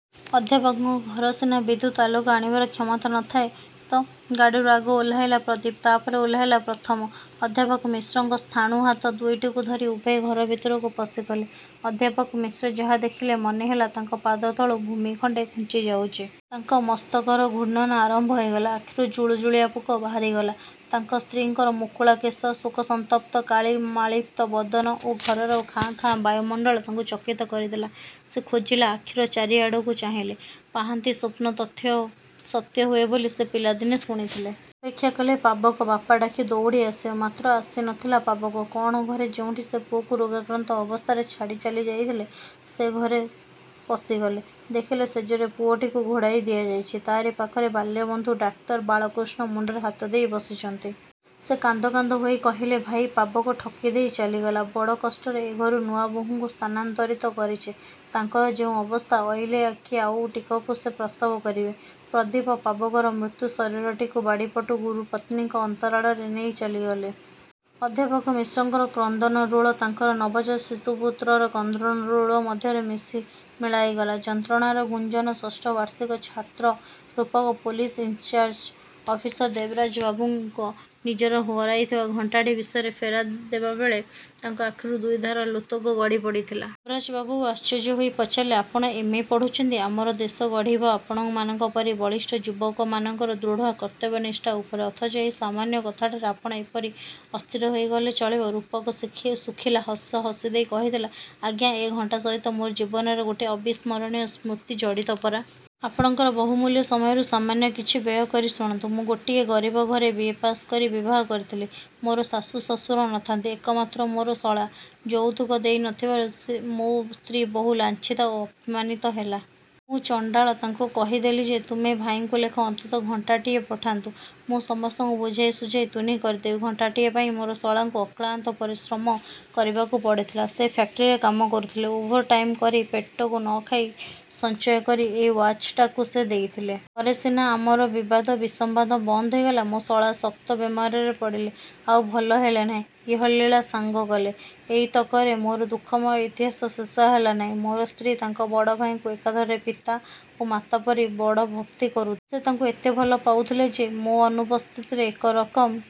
ଅଧ୍ୟାପକଙ୍କ ଘର ସିନା, ବିଦ୍ୟୁତ ଆଲୋକ ଆଣିବାର କ୍ଷମତା ନ ଥାଏ ତ! ଗାଡ଼ିରୁ ଆଗ ଓହ୍ଲାଇଲା ପ୍ରଦୀପ, ତାପରେ ଓହ୍ଲାଇଲା ପ୍ରଥମ। ଅଧ୍ୟାପକ ମିଶ୍ରଙ୍କ ସ୍ଥାଣୁ ହାତ ଦୁଇଟିକୁ ଧରି ଉଭୟେ ଘର ଭିତରକୁ ପଶିଗଲେ। ଅଧ୍ୟାପକ ମିଶ୍ର ଯାହା ଦେଖିଲେ ମନେ ହେଲା ତାଙ୍କ ପାଦତଳୁ ଭୂମି ଖଣ୍ଡେ ଘୁଞ୍ଚି ଯାଉଚି। ତାଙ୍କ ମସ୍ତକର ଘୂର୍ଣ୍ଣନ ଆରମ୍ଭ ହୋଇଗଲା। ଆଖିରୁ ଜୁଳୁଜୁଳିଆ ପୋକ ବାହାରିଗଲା। ତାଙ୍କର ସ୍ତ୍ରୀଙ୍କର ମୁକୁଳା କେଶ, ଶୋକସନ୍ତପ କାଳିମାଲିପ୍ତ-ବଦନ ଓ ଘରର ଖାଁ ଖାଁ ବାୟୁମଣ୍ଡଳ ତାଙ୍କୁ ଚକିତ କରିଦେଲା। ସେ ଖୋଜିଲା ଆଖିର ଚାରିଆଡ଼କୁ ଚାହିଁଲେ। ପାହାନ୍ତି ସ୍ୱପ୍ନ ସତ୍ୟ ହୁଏ ବୋଲି ସେ ପିଲାଦିନେ ଶୁଣିଥିଲେ। ଅପେକ୍ଷା କଲେ ପାବକ 'ବାପା' ଡ଼ାକି ଦଉଡ଼ି ଆସିବ। ମାତ୍ର ଆସି ନ ଥିଲା ପାବକ। କ'ଣ ଘରେ ଯେଉଁଠି ସେ ପୁଅକୁ ରୋଗାକ୍ରାନ୍ତ ଅବସ୍ଥାରେ ଛାଡ଼ି ଚାଲି ଯାଇଥିଲେ, ସେ ଘରେ ପଶିଗଲେ। ଦେଖିଲେ ଶେଯରେ ପୁଅଟିକୁ ଘୋଡ଼ାଇ ଦିଆଯାଇଚି। ତାରି ପାଖରେ ବାଲ୍ୟବନ୍ଧୁ ଡାକ୍ତର ବାଳକୃଷ୍ଣ ମୁଣ୍ଡରେ ହାତ ଦେଇ ବସିଚନ୍ତି। ସେ କାନ୍ଦ କାନ୍ଦ ହୋଇ କହିଲେ—ଭାଇ, ପାବକ ଠକି ଦେଇ ଚାଲିଗଲା। ବଡ଼ କଷ୍ଟରେ ଏ ଘରୁ ନୂଆବୋହୂଙ୍କୁ ସ୍ଥାନାନ୍ତରିତ କରିଛି। ତାଙ୍କର ଯେଉଁ ଅବସ୍ଥା,। ଏଇଲେ କି ଆଉ ଟିକକୁ ସେ ପ୍ରସବ କରିବେ। ପ୍ରଦୀପ 'ପାବକ'ର ମୃତ ଶରୀରଟିକୁ ବାଡ଼ିପଟେ ଗୁରୁପତ୍ନୀଙ୍କ ଅନ୍ତରାଳରେ ନେଇ ଚାଲିଗଲେ। ଅଧ୍ୟାପକ ମିଶ୍ରଙ୍କର କ୍ରନ୍ଦନରୋଳ ତାଙ୍କର ନବଜାତ ଶିଶୁ ପୁତ୍ରର କ୍ରନ୍ଦନରୋଳ ମଧ୍ୟରେ ମିଶି ମିଳାଇଗଲା। ଯନ୍ତ୍ରଣାର ଗୁଞ୍ଜନ ଷଷ୍ଠ ବାର୍ଷିକ ଛାତ୍ର ରୂପକ, ପୋଲିସ୍ ଇନ୍ଚାର୍ଯ ଅଫିସର ଦେବରାଜ ବାବୁଙ୍କ ନିଜର ହରାଇଥିବା ଘଣ୍ଟାଟି ବିଷୟରେ ଫେରାଦ ହେବାବେଳେ ତାଙ୍କ ଆଖିରୁ ଦୁଇଧାର ଲୋତକ ଗଡ଼ିପଡ଼ିଥିଲା। ଦେବରାଜବାବୁ ଆଶ୍ଚର୍ଯ୍ୟ ହୋଇ ପଚାରିଲେ—ଆପଣ ଏମ୍, ଏ. ପଢ଼ୁଚନ୍ତି। ଆମର ଦେଶ ଗଢ଼ିଉଠିବ ଆପଣମାନଙ୍କ ପରି ବଳିଷ୍ଠ ଯୁବକମାନଙ୍କର ଦୃଢ଼ କର୍ତ୍ତବ୍ୟନିଷ୍ଠା ଉପରେ ଅଥଚ ଏଇ ସାମାନ୍ୟ କଥାଟାରେ ଆପଣ ଏପରି ଅସ୍ଥିର ହୋଇଗଲେ ଚଳିବ? ରୂପକ ଶୁଖିଲା ହସ ହସିଦେଇ କହିଥିଲା—ଆଜ୍ଞା, ଏ ଘଣ୍ଟା ସହିତ ମୋର ଜୀବନର ଗୋଟିଏ ଅବିସ୍ମରଣୀୟ ସ୍ମୃତି ଜଡ଼ିତ ପରା! ଆପଣଙ୍କର ବହୁମୂଲ୍ୟ ସମୟରୁ ସାମାନ୍ୟ କିଛି ବ୍ୟୟ କରି ଶୁଣନ୍ତୁ। ମୁଁ ଗୋଟିଏ ଗରିବ ଘରେ ବି. ଏ. ପାଶ କରି ବିବାହ କରିଥିଲି। ମୋର ଶାଶୁ ଶଶୁର ନ ଥାଆନ୍ତି। ଏକମାତ୍ର ମୋର ଶଳା। ଯଉତୁକ ଦେଇ ନ ଥିବାରୁ ମୋ ସ୍ତ୍ରୀ ବହୁ ଲାଞ୍ଛିତା ଓ ଅପମାନିତା ହେଲେ। ମୁଁ ଚଣ୍ଡାଳ ତାଙ୍କୁ କହିଦେଲି ଯେ, ତୁମେ ଭାଇଙ୍କୁ ଲେଖ, ଅନ୍ତତଃ ଘଣ୍ଟାଟିଏ ପଠାନ୍ତୁ, ମୁଁ ସମସ୍ତଙ୍କୁ ବୁଝାଇ ଶୁଝାଇ ତୁନି କରିଦେବି। ଘଣ୍ଟାଟିଏ ପାଇଁ ମୋର ଶଳାଙ୍କୁ ଅକ୍ଳାନ୍ତ ଶ୍ରମ କରିବାକୁ ପଡ଼ିଥିଲା। ସେ ଫ୍ୟାକ୍ଟରୀରେ କାମ କରୁଥିଲେ। ଓଭର ଟାଇମ୍ କାମ କରି ପେଟକୁ ନ ଖାଇ ସଞ୍ଚୟ କରି ଏଇ ୱାଚଟାକୁ ସେ ଦେଇଥିଲେ। ଘରେ ସିନା ଆମର ବାଦ ବିସମ୍ବାଦ ବନ୍ଦ ହୋଇଗଲା, ମୋ ଶଳା ଶକ୍ତ ବେମାରରେ ପଡ଼ିଲେ, ଆଉ ଭଲ ହେଲେ ନାହିଁ, ଇହଲୀଳା ସାଙ୍ଗ କଲେ। ଏଇତକରେ ମୋର ଦୁଃଖମୟ ଇତିହାସ ଶେଷ ହେଲା ନାହିଁ। ମୋର ସ୍ତ୍ରୀ ତାଙ୍କ ବଡ଼ଭାଇଙ୍କୁ ଏକାଧାରରେ ପିତା ଓ ମାତା ପରି ବଡ଼ ଭକ୍ତି କରୁଥିଲେ। ସେ ତାଙ୍କୁ ଏତେ ଭଲ ପାଉଥିଲେ ଯେ, ମୋ ଅନୁପସ୍ଥିତିରେ ଏକ ରକମ